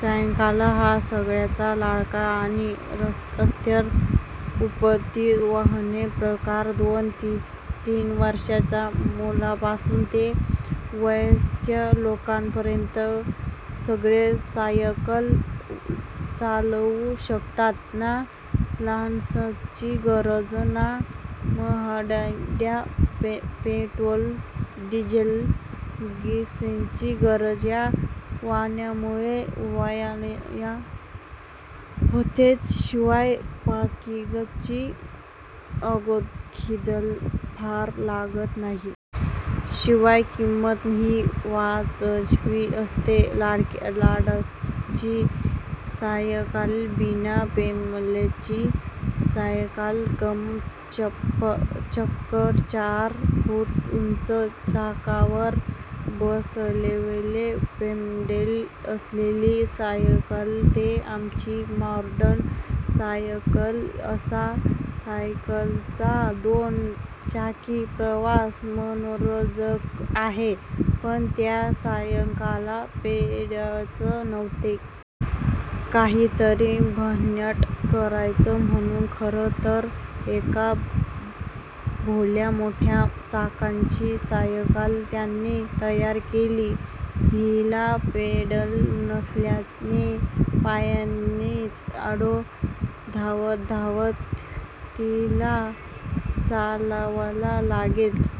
Cycle हा सगळ्यांचा लाडका आणि अत्यंत उपयुक्त वाहन प्रकार! दोन-तीन वर्षांच्या मुलापासून ते वयस्क लोकांपर्यंत सगळे सायकल चालवू शकतात. ना लायसन्सची गरज, ना महागड्या पेट्रोल, डिझेल, गॅसची गरज! या वाहनामुळे व्यायाम होतोच; शिवाय पार्किंगची जागादेखील फार लागत नाही. शिवाय किंमतही वाजवी असते. लाकडाची सायकल, बिना पेडलची सायकल, मग चक्क चार फूट उंच चाकावर बसवलेले पेडल असलेली सायकल ते आताची मॉडर्न सायकल असा सायकलचा दोन चाकी प्रवास मनोरंजक आहे. पण त्या सायकलला पेडलच नव्हते! काहीतरी भन्नाट करायचं म्हणून खरं तर एका भल्या मोठ्या चाकाची सायकल त्याने तयार केली. हिला पेडल नसल्याने पायानेच ओढत, धावत-धावत तिला चालवायला लागायचे.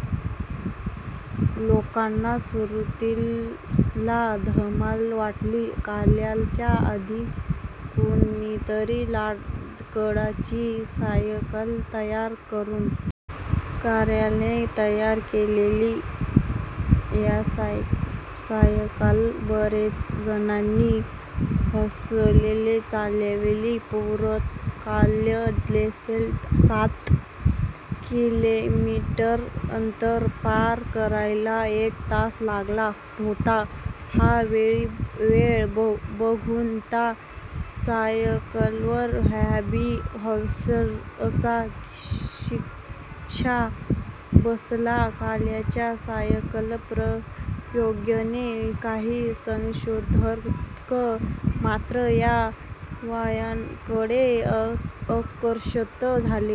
लोकांना सुरुवातीला धमाल वाटली. कार्लच्या आधी कुणीतरी लाकडाची सायकल तयार करण्याचादेखील प्रयत्न केला होता म्हणे! कार्लने तयार केलेली सायकल बरेच जणांनी हौसेने चालवली. परंतु कार्ल ड्रिसला सात किलोमीटर अंतर पार करायला एक तास लागला होता! हा वेळ बघून त्या सायकलवर 'हॉबी हॉर्स' असा शिक्का बसला! कार्लच्या सायकल प्रयोगाने काही संशोधक मात्र या वहनाकडे आकशत झाले.